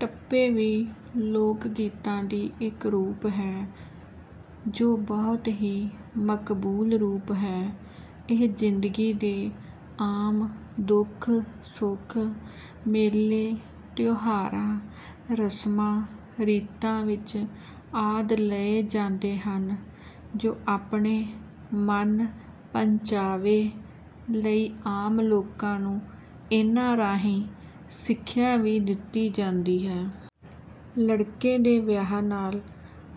ਟੱਪੇ ਵੀ ਲੋਕ ਗੀਤਾਂ ਦੀ ਇੱਕ ਰੂਪ ਹੈ ,ਜੋ ਬਹੁਤ ਹੀ ਮਕਬੂਲ ਰੂਪ ਹੈ। ਇਹ ਜ਼ਿੰਦਗੀ ਦੇ ਆਮ ਦੁੱਖ- ਸੁੱਖ ਮੇਲੇ, ਤਿਓਹਾਰਾਂ, ਰਸਮਾਂ ਰੀਤਾਂ ਵਿੱਚ ਆਦਿ ਲਏ ਜਾਂਦੇ ਹਨ ਜੋ ਆਪਣੇ ਮਨ-ਪੰਚਾਵੇ ਲਈ ਆਮ ਲੋਕਾਂ ਨੂੰ ਇਹਨਾਂ ਰਾਹੀਂ ਸਿੱਖਿਆ ਵੀ ਦਿੱਤੀ ਜਾਂਦੀ ਹੈ। ਲੜਕੇ ਦੇ ਵਿਆਹ ਨਾਲ਼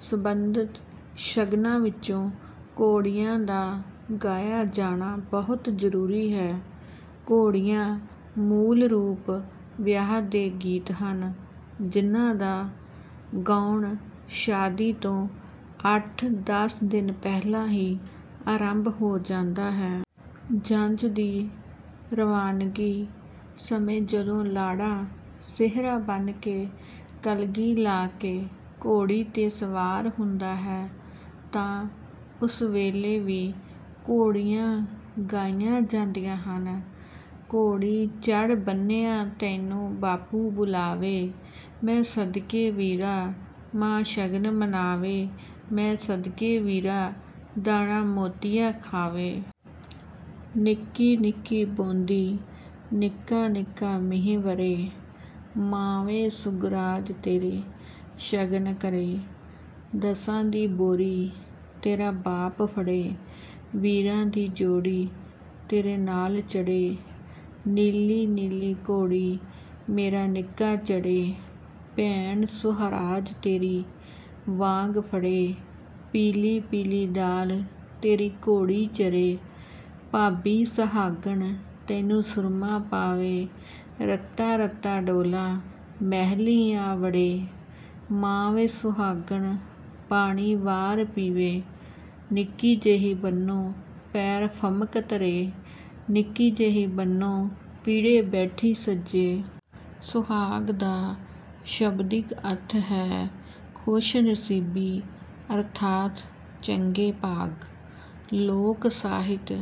ਸੰਬੰਧਿਤ ਸ਼ਗਨਾਂ ਵਿੱਚੋਂ ਘੋੜੀਆਂ ਦਾ ਗਾਇਆ ਜਾਣਾ ਬਹੁਤ ਜ਼ਰੂਰੀ ਹੈ। ਘੋੜੀਆਂ ਮੂਲ ਰੂਪ 'ਵਿਆਹ ਦੇ ਗੀਤ' ਹਨ, ਜਿਨ੍ਹਾਂ ਦਾ ਗਾਉਣ ਸ਼ਾਦੀ ਤੋਂ ਅੱਠ ਦਸ ਦਿਨ ਪਹਿਲਾਂ ਹੀ ਆਰੰਭ ਹੋ ਜਾਂਦਾ ਹੈ। ਜੰਞ ਦੀ ਰਵਾਨਗੀ ਸਮੇਂ ਜਦੋਂ ਲਾੜਾ ਸਿਹਰਾ ਬੰਨ ਕੇ, ਕਲਗੀ ਲਾ ਕੇ ਘੋੜੀ ਤੇ ਸਵਾਰ ਹੁੰਦਾ ਹੈ। ਤਾਂ ਉਸ ਵੇਲੇ ਵੀ ਘੋੜੀਆਂ ਗਾਈਆ ਜਾਦੀਆਂ ਹਨ। ਘੋੜੀ ਚੜ੍ਹ ਬੰਨਿਆ ਤੈਨੂੰ ਬਾਪੂ ਬੁਲਾਵੇ ਮੈ ਸਦਕੇ ਵੀਰਾ ਮਾਂ ਸ਼ਗਨ ਮਨਾਵੇਮੈਂ ਸਦਕੇ ਵੀਰਾ, ਦਾਣਾ ਮੋਤੀਆਂ ਖਾਵੇ। ਨਿੱਕੀ ਨਿੱਕੀ ਬੋਂਦੀ ਨਿੱਕਾ-ਨਿੱਕਾ ਮੀਂਹ ਵਰੇ, ਮਾਂ ਵੇ ਸੁਗਰਾਜ ਤੇਰੇ ਸ਼ਗਨ ਕਰੇ, ਦਸਾਂ ਦੀ ਬੋਰੀ ਤੇਰਾ ਬਾਪ ਫੜੇ, ਵੀਰਾਂ ਦੀ ਜ਼ੋੜੀ ਤੇਰੇ ਨਾਲ ਚੜ੍ਹੇ, ਨੀਲੀ ਨੀਲੀ ਘੋੜੀ ਮੇਰਾ ਨਿੱਕਾਂ ਚੜ੍ਹੇ, ਭੈਣ ਸੁਹਾਰਾਜ ਤੇਰੀ ਵਾਂਗ ਫੜੇ, ਪੀਲ਼ੀ ਪੀਲ਼ੀ ਦਾਲ਼ ਤੇਰੀ ਘੋੜੀ ਚਰੇ, ਭਾਬੀ ਸਹਾਗਨ ਤੈਨੂੰ ਸੁਰਮਾ ਪਾਵੇ, ਰੱਤਾ-ਰੱਤਾ ਡੋਲਾ ਮਹਿਲੀ ਆ ਵੜੇ, ਮਾਂ ਵੇ ਸੁਹਾਗਨ ਪਾਣੀ ਵਾਰ ਪੀਵੇ, ਨਿੱਕੀ ਜੇਹੀ ਬੰਨੋ ਪੈਰ ਫਮਕ ਧਰੇ, ਨਿੱਕੀ ਜੇਹੀ ਬੰਨੋ ਪੀੜ੍ਹੇ ਬੈਠੀ ਸੱਜੇ। ਸੁਹਾਗ ਦਾ ਸ਼ਬਦਿਕ ਅਰਥ ਹੈ, 'ਖ਼ੁਸ਼-ਨਸੀਬੀ ਅਰਥਾਤ ਚੰਗੇ ਭਾਗ। ਲੋਕ ਸਾਹਿਤ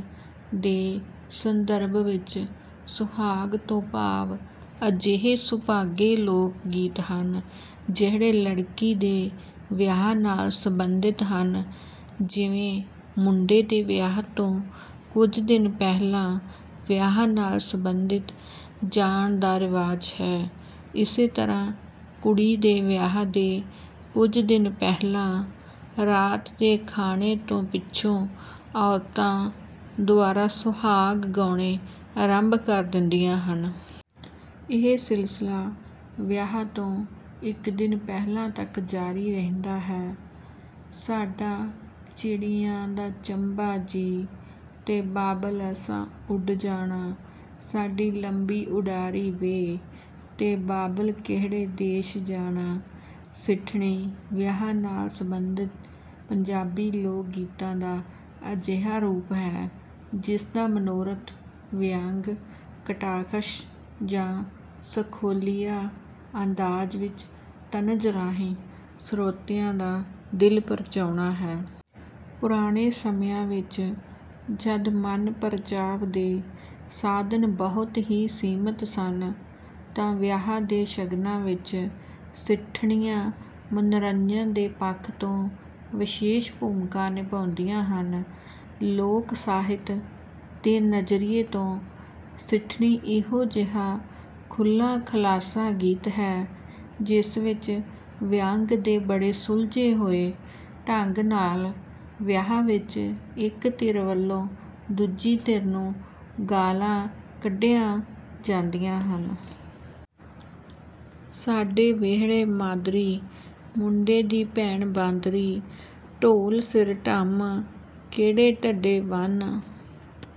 ਦੇ ਸੰਦਰਭ ਵਿੱਚ ਸੁਹਾਗ ਤੋਂ ਭਾਵ ਅਜਿਹੇ ਸੁਭਾਗੇ ਲੋਕ ਗੀਤ ਹਨ, ਜਿਹੜੇ ਲੜਕੀ ਦੇ ਵਿਆਹ ਨਾਲ਼ ਸੰਬੰਧਿਤ ਹਨ। ਜਿਵੇਂ ਮੁੰਡੇ ਦੇ ਵਿਆਹ ਤੋਂ ਕੁਝ ਦਿਨ ਪਹਿਲਾਂ ਵਿਆਹ ਨਾਲ਼ ਸੰਬੰਧਿਤ ਜਾਣ ਦਾ ਰਿਵਾਜ਼ ਹੈ, ਇਸੇ ਤਰ੍ਹਾਂ ਕੁੜੀ ਦੇ ਵਿਆਹ ਦੇ ਕੁਝ ਦਿਨ ਪਹਿਲਾਂ ਰਾਤ ਦੇ ਖਾਣੇ ਤੋਂ ਪਿੱਛੋ ਔਰਤਾ ਦੁਆਰਾ 'ਸੁਹਾਗ' ਗਾਉਣੇ ਆਰੰਭ ਕਰ ਦਿੰਦੀਆਂ ਹਨ। ਇਹ ਸਿਲਸਿਲਾ ਵਿਆਹ ਤੋਂ ਇੱਕ ਦਿਨ ਪਹਿਲਾਂ ਤਕ ਜਾਰੀ ਰਹਿੰਦਾ ਹੈ। ਸਾਡਾ ਚਿੜੀਆਂ ਦਾ ਚੰਬਾ ਜੀ ਤੇ ਬਾਬਲ ਅਸਾਂ ਉੱਡ ਜਾਣਾ, ਸਾਡੀ ਲੰਬੀ ਉਡਾਰੀ ਵੇ। ਤੇ ਬਾਬਲ ਕਿਹੜੇ ਦੇਸ਼ ਜਾਣਾ। ਸਿੱਠਣੀ, ਵਿਆਹ ਨਾਲ਼ ਸੰਬੰਧਿਤ ਪੰਜਾਬੀ ਲੋਕ ਗੀਤਾਂ ਦਾ ਅਜਿਹਾ ਰੂਪ ਹੈ, ਜਿਸ ਦਾ ਮਨੋਰਥ ਵਿਅੰਗ, ਕਟਾਖਸ਼ ਜਾਂ ਸਖੋਲੀਆ ਅੰਦਾਜ਼ ਵਿੱਚ ਤਨਜ਼ ਰਾਹੀਂ ਸਰੋਤਿਆ ਦਾ ਦਿਲ ਪ੍ਰਚਾਉਣਾ ਹੈ। ਪੁਰਾਣੇ ਸਮਿਆਂ ਵਿੱਚ ਜਦ ਮਨ ਪ੍ਰਚਾਵ ਦੇ ਸਾਧਨ ਬਹੁਤ ਹੀ ਸੀਮਿਤ ਸਨ ,ਤਾਂ ਵਿਆਹ ਦੇ ਸ਼ਗਨਾਂ ਵਿੱਚ ਸਿੱਠਣੀਆ ਮਨੋਰੰਜਨ ਦੇ ਪੱਖ ਤੋਂ ਵਿਸ਼ੇਸ਼ ਭੁਮਿਕਾ ਨਿਭਾੳਂਦੀਆਂ ਹਨ। ਲੋਕ ਸਾਹਿਤ ਦੇ ਨਜ਼ਰੀਏ ਤੋਂ ਸਿੱਠਣੀ ਇਹੋ ਜਿਹਾ ਖੁਲ੍ਹਾ-ਖਲਾਸਾ ਗੀਤ ਹੈ, ਜਿਸ ਵਿੱਚ ਵਿਅੰਗ ਤੇ ਬੜੇ ਸੁਲਝੇ ਹੋਏ ਢੰਗ ਨਾਲ਼ ਵਿਆਹ ਵਿੱਚ ਇੱਕ ਧਿਰ ਵੱਲੋਂ ਦੂਜੀ ਧਿਰ ਨੂੰ ਗਾਲ਼੍ਹਾਂ ਕੱਢਿਆਂ ਜਾਦੀਆਂ ਹਨ। ਸਾਡੇ ਵਿਹੜੇ ਮਾਦਰੀ, ਮੁੰਡੇ ਦੀ ਭੈਣ ਬਾਂਦਰੀ, ਢੋਲ ਸਿਰ ਢਮ ਕੇਰੇ ਢੱਡੇ, ਵੰਨ